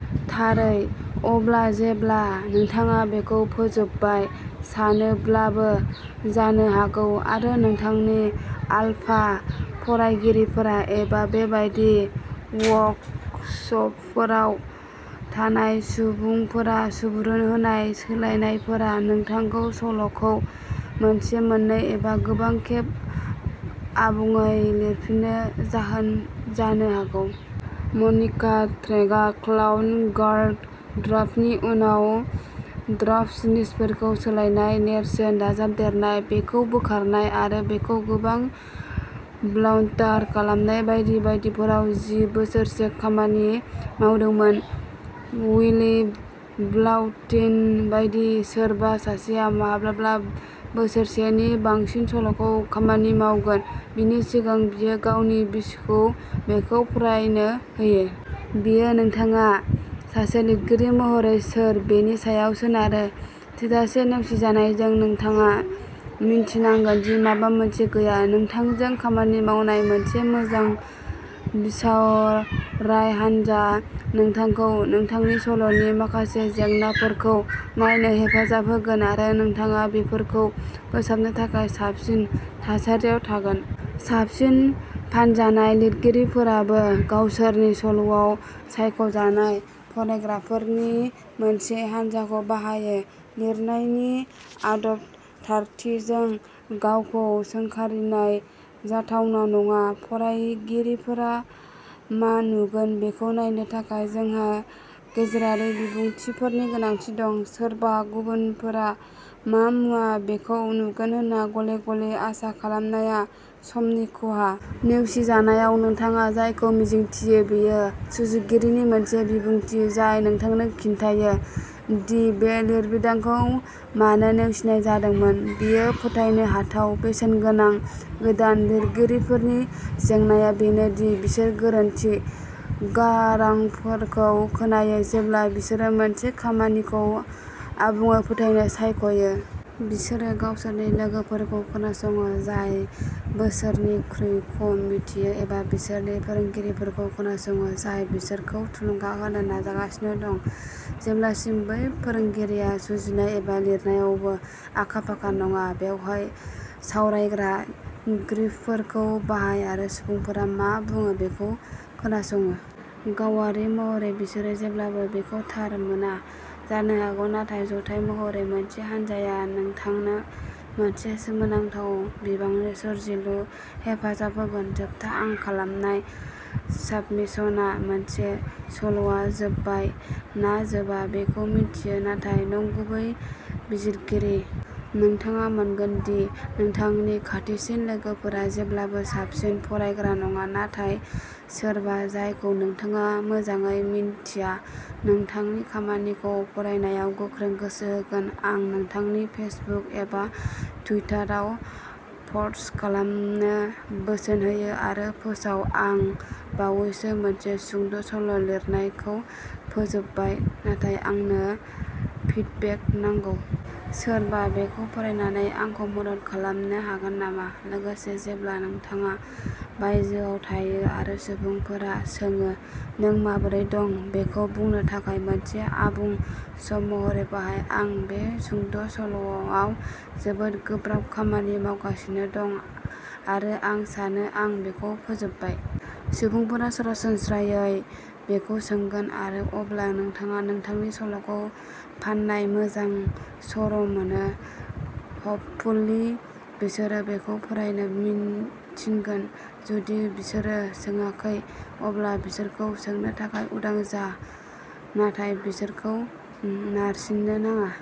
थारै। अब्ला, जेब्ला नोंथाङा बेखौ फोजोबबाय सानोब्लाबो जानो हागौ, आरो नोंथांनि आलफा फरायगिरिफोरा, एबा बे बायदि वर्कसपफोराव थानाय सुबुंफोरा सुबुरुन होनाय सोलायनायफोरा नोंथांखौ सल'खौ मोनसे, मोननै, एबा गोबां खेब आबुङै लिरफिन्नो जाहोन जानो हागौ। मनिका ड्रेकआ क्लाउन गार्ल, ड्राफ्टनि उनाव ड्राफ्ट, जिनिसफोरखौ सोलायनाय, नेरसोन दाजाबदेरनाय, बेखौ बोखारनाय आरो बेखौ गोबां ब्लान्टार खालामनाय बायदि बायदिफोराव जि बोसोरसो खामानि मावदोंमोन। विली भ्लाउटिन बायदि सोरबा सासेआ माब्लाबा बोसोरसेनि बांसिन सल'खौ खामानि मावगोन, बिनि सिगां बियो गावनि बिसिखौ बेखौ फरायनो होयो। बेयो नोंथाङा सासे लिरगिरि महरै सोर बेनि सायाव सोनारो। थोजासे नेवसिजानायजों, नोंथाङा मिन्थिनांगोन दि माबा मोनसे गैया। नोंथांजों खामानि मावनाय मोनसे मोजां बिसावराय हानजा नोंथांखौ नोंथांनि सल'नि माखासे जेंनाफोरखौ नायनो हेफाजाब होगोन आरो नोंथाङा बेफोरखौ फोसाबनो थाखाय साबसिन थासारियाव थागोन। साबसिन फानजानाय लिरगिरिफोराबो गावसोरनि सल'आव सायख'जानाय फरायग्राफोरनि मोनसे हानजाखौ बाहायो। लिरनायनि आदब। थारथिजों गावखौ सोंखारिनाय जाथावना नङा। फरायगिरिफोरा मा नुगोन बेखौ नायनो थाखाय जोंहा गेजेरारि बिबुंथिफोरनि गोनांथि दं। सोरबा गुबुनफोरा मा नुवा बेखौ नुगोन होनना गले-गले आसा खालामनाया समनि खहा। नेवसिजानायाव नोंथाङा जायखौ मिजिंथियो बेयो सुजुगिरिनि मोनसे बिबुंथि जाय नोंथांनो खिन्थायो दि बे लिरबिदांखौ मानो नेवसिनाय जादोंमोन। बेयो फोथायनो हाथाव बेसेनगोनां। गोदान लिरगिरिफोरनि जेंनाआ बेनो दि बिसोर गोरोन्थि गारांफोरखौ खोनायो जेब्ला बिसोरो मोनसे खामानिखौ आबुङै फोथायनो सायख'यो। बिसोरो गावसोरनि लोगोफोरखौ खोनासङो जाय बिसोरनिख्रुइ खम मिथियो एबा बिसोरनि फोरोंगिरिफोरखौ खोनासङो जाय बिसोरखौ थुलुंगा होनो नाजागासिनो दं जेब्लासिम बै फोरोंगिरिया सुजुनाय एबा लिरनायावबो आखा-फाखा नङा। बेवहाय सावरायग्रा ग्रिपफोरखौ बाहाय आरो सुबुंफोरा मा बुङो बेखौ खोनासङो। गावारि महरै, बिसोरो जेब्लाबो बेखौ थार मोना जानो हागौ, नाथाय जथाय महरै, मोनसे हानजाया नोंथांनो मोनसे सोमोनांथाव बिबांनि सोरजिलु हेफाजाब होगोन। जोबथा आं खालामनाय साबमिशनआ मोनसे सल'आ जोबबाय ना जोबा बेखौ मिथिनो थाखाय नंगुबै बिजिरगिरि। नोंथाङा मोनगोन दि नोंथांनि खाथिसिन लोगोफोरा जेब्लाबो साबसिन फरायग्रा नङा, नाथाय सोरबा जायखौ नोंथाङा मोजाङै मिन्थिया, नोंथांनि खामानिखौ फरायनायाव गोख्रों गोसो होगोन। आं नोंथांनि फेसबुक एबा टुइटाराव पस्ट खालामनो बोसोन होयो आरो फोसाव आं बावैसो मोनसे सुंद' सल' लिरनायखौ फोजोबबाय नाथाय आंनो फिडबेक नांगौ। सोरबा बेखौ फरायनानै आंखौ मदद खालामनो हागोन नामा? लोगोसे, जेब्ला नोंथाङा बायजोआव थायो आरो सुबुंफोरा सोङो, नों माबोरै दं? बेखौ बुंनो थाखाय मोनसे आबुं सम महरै बाहाय, आं बे सुंद'सल'आव जोबोद गोब्राब खामानि मावगासिनो दं आरो आं सानो आं बेखौ फोजोबबाय। सुबुंफोरा सरासनस्रायै बेखौ सोंगोन आरो अब्ला नोंथाङा नोंथांनि सल'खौ फान्नायाव मोजां सर'मोनो। हपफुल्लि, बिसोरो बेखौ फरायनो थिनगोन। जुदि बिसोरो सोंआखै, अब्ला बिसोरखौ सोंनो थाखाय उदां जा नाथाय बिसोरखौ नारसिननो नाङा।